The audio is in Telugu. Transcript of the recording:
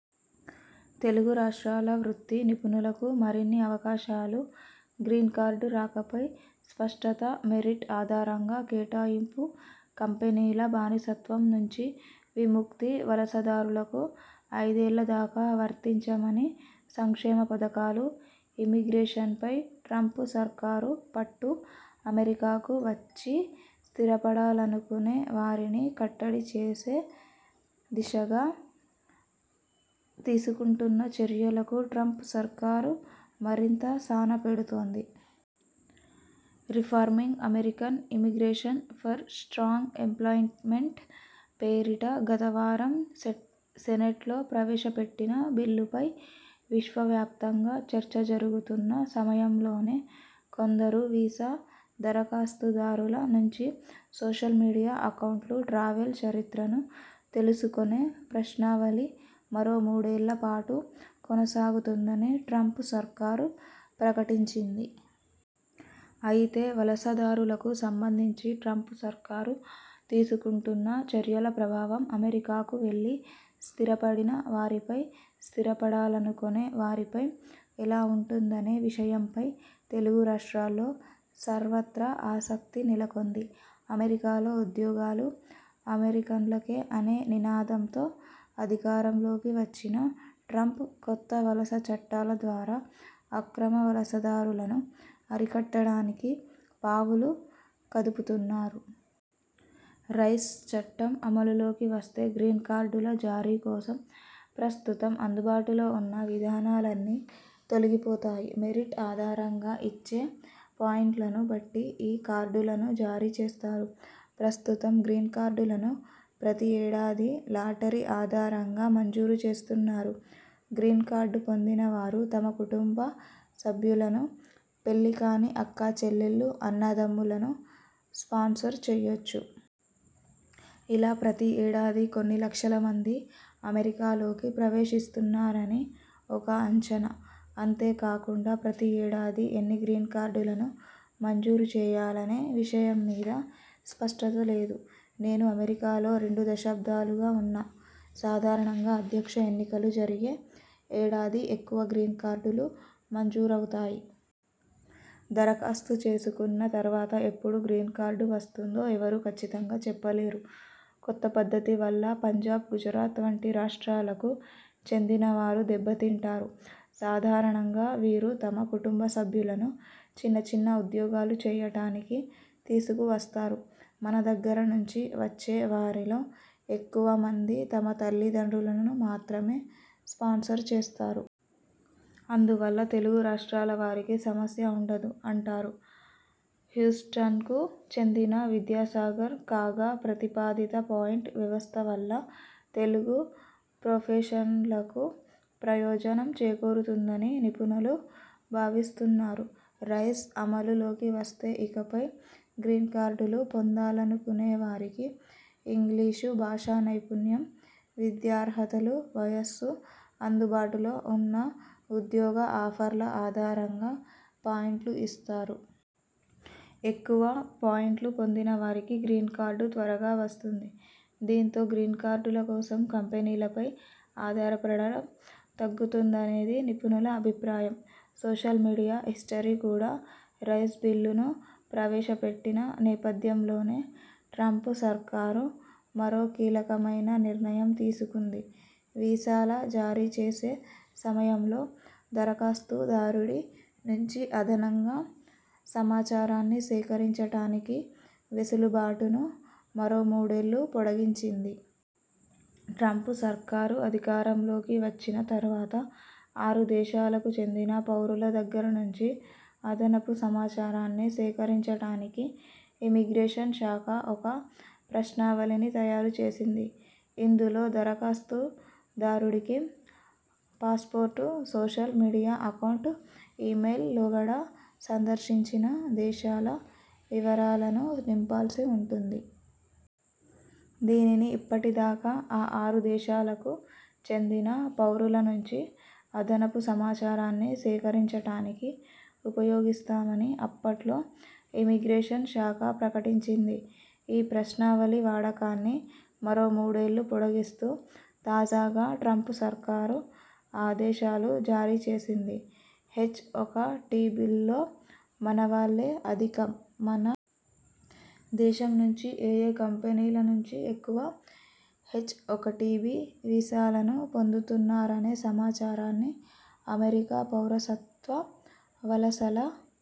తెలుగు రాష్ట్రాల వృత్తి నిపుణులకు మరిన్ని అవకాశాలు గ్రీన్కార్డు రాకపై స్పష్టత మెరిట్ ఆధారంగా కేటాయింపు కంపెనీల బానిసత్వం నుంచి విముక్తి వలసదారులకు ఐదేళ్ల దాకా వర్తించని సంక్షేమ పథకాలు ఇమిగ్రేషన్పై ట్రంప్ సర్కారు పట్టు అమెరికాకు వచ్చి స్థిరపడాలనుకొనే వారిని కట్టడి చేసే దిశగా తీసుకుంటున్న చర్యలకు ట్రంప్ సర్కారు మరింత సాన పెడుతోంది. Reforming American immigration for strong employment పేరిట గత వారం సెనేట్లో ప్రవేశపెట్టిన బిల్లుపై విశ్వవ్యాప్తంగా చర్చ జరుగుతున్న సమయంలోనే కొందరు వీసా దరఖాస్తుదారుల నుంచి సోషల్ మీడియా అకౌంట్లు, ట్రావెల్ చరిత్రను తెలుసుకొనే ప్రశ్నావళి మరో మూడేళ్ల పాటు కొనసాగుతుందని ట్రంప్ సర్కారు ప్రకటించింది. అయితే, వలస దారులకు సంబంధించి ట్రంప్ సర్కారు తీసుకుంటున్న చర్యల ప్రభావం అమెరికాకు వెళ్లి స్థిర పడిన వారిపై, స్థిరపడాలనుకొనే వారిపై ఎలా ఉంటుందనే విషయంపై తెలుగు రాష్ట్రాల్లో సర్వత్రా ఆసక్తి నెలకొంది. అమెరికాలో ఉద్యోగాలు అమెరికన్లకే అనే నినాదంతో అధికారంలోకి వచ్చిన ట్రంప్ కొత్త వలస చట్టాల ద్వారా అక్రమ వలసదారులను అరికట్టడానికి పావులు కదుపుతున్నారు. రైజ్ చట్టం అమలులోకి వస్తే గ్రీన్కార్డుల జారీ కోసం ప్రస్తుతం అందుబాటులో ఉన్న విధానాలన్నీ తొలగిపోతాయి. మెరిట్ ఆధారంగా ఇచ్చే పాయింట్లను బట్టి ఈ కార్డులను జారీ చేస్తారు. ప్రస్తుతం గ్రీన్కార్డులను ప్రతి ఏడాది లాటరీ ఆధారంగా మంజూరు చేస్తున్నారు. గ్రీన్కార్డు పొందిన వారు తమ కుటుంబ సభ్యులను, పెళ్లి కాని అక్కా చెల్లెళ్లు, అన్నదమ్ములను స్పాన్సర్ చేయొచ్చు. ఇలా ప్రతి ఏడాది కొన్ని లక్షల మంది అమెరికాలోకి ప్రవేశిస్తున్నారని ఒక అంచనా. అంతే కాకుండా ప్రతి ఏడాది ఎన్ని గ్రీన్కార్డులను మంజూరు చేయాలనే విషయమ్మీద స్పష్టత లేదు. నేను అమెరికాలో రెండు దశాబ్దాలుగా ఉన్నా. సాధారణంగా అధ్యక్ష ఎన్నికలు జరిగే ఏడాది ఎక్కువ గ్రీన్కార్డులు మంజూరవుతాయి. దరఖాస్తు చేసుకున్న తర్వాత ఎప్పుడు గ్రీన్కార్డు వస్తుందో ఎవరూ కచ్చితంగా చెప్పలేరు. కొత్త పద్ధతి వల్ల పంజాబ్, గుజరాత్ వంటి రాష్ట్రాలకు చెందిన వారు దెబ్బతింటారు. సాధారణంగా వీరు తమ కుటుంబ సభ్యులను చిన్నచిన్న ఉద్యోగాలు చేయటానికి తీసుకు వస్తారు. మన దగ్గర నుంచి వచ్చే వారిలో ఎక్కువ మంది తమ తల్లి దండ్రులను మాత్రమే స్పాన్సర్ చేస్తారు. అందు వల్ల తెలుగు రాష్ట్రాల వారికి సమస్య ఉండదు అంటారు హ్యూస్టన్కు చెందిన విద్యాసాగర్. కాగా, ప్రతిపాదిత పాయింట్ వ్యవస్థ వల్ల తెలుగు ప్రొఫెషనల్స్కు ప్రయోజనం చేకూరుతుందని నిపుణులు భావిస్తున్నారు. రైజ్ అమలు లోకి వస్తే ఇకపై గ్రీన్కార్డులు పొందాలనుకొనేవారికి ఇంగ్లిషు భాషానైపుణ్యం, విద్యార్హతలు, వయస్సు, అందుబాటులో ఉన్న ఉద్యోగ ఆఫర్ల ఆధారంగా పాయింట్లు ఇస్తారు. ఎక్కువ పాయింట్లు పొందిన వారికి గ్రీన్కార్డు త్వరగా వస్తుంది. దీంతో గ్రీన్కార్డుల కోసం కంపెనీలపై ఆధారపడటం తగ్గుతుందనేది నిపుణుల అభిప్రాయం. సోషల్ మీడియా హిస్టరీ కూడా, రైజ్ బిల్లును ప్రవేశ పెట్టిన నేపథ్యంలోనే ట్రంప్ సర్కారు మరో కీలకమైన నిర్ణయం తీసుకుంది. వీసాల జారీ చేసే సమయంలో దరఖాస్తు దారుడి నుంచి అదనంగా సమాచారాన్ని సేకరించటానికి వెసులు బాటును మరో మూడేళ్లు పొడిగించింది. ట్రంప్ సర్కారు అధికారం లోకి వచ్చిన తర్వాత ఆరు దేశాలకు చెందిన పౌరుల దగ్గర నుంచి అదనపు సమాచారాన్ని సేకరించటానికి ఇమిగ్రేషన్ శాఖ ఒక ప్రశ్నావళిని తయారు చేసింది. ఇందులో దరఖాస్తు దారుడికి passport, social media account, email, లోగడ సందర్శించిన దేశాల వివరాలను నింపాల్సి ఉంటుంది. దీనిని ఇప్పటి దాకా ఆ ఆరు దేశాలకు చెందిన పౌరుల నుంచి అదనపు సమాచారాన్ని సేకరించటానికి ఉపయోగిస్తామని అప్పట్లో ఇమిగ్రేషన్ శాఖ ప్రకటించింది. ఈ ప్రశ్నావళి వాడకాన్ని మరో మూడేళ్లు పొడిగిస్తూ తాజాగా ట్రంప్ సర్కారు ఆదేశాలు జారీ చేసింది. హెచ్ఒకటిబీల్లో మనవాళ్లే అధికం మన దేశం నుంచి ఏయే కంపెనీల నుంచి ఎక్కువ హెచ్ఒకటిబీ వీసాలను పొందుతున్నారనే సమాచారాన్ని అమెరికా పౌరసత్వ వలసల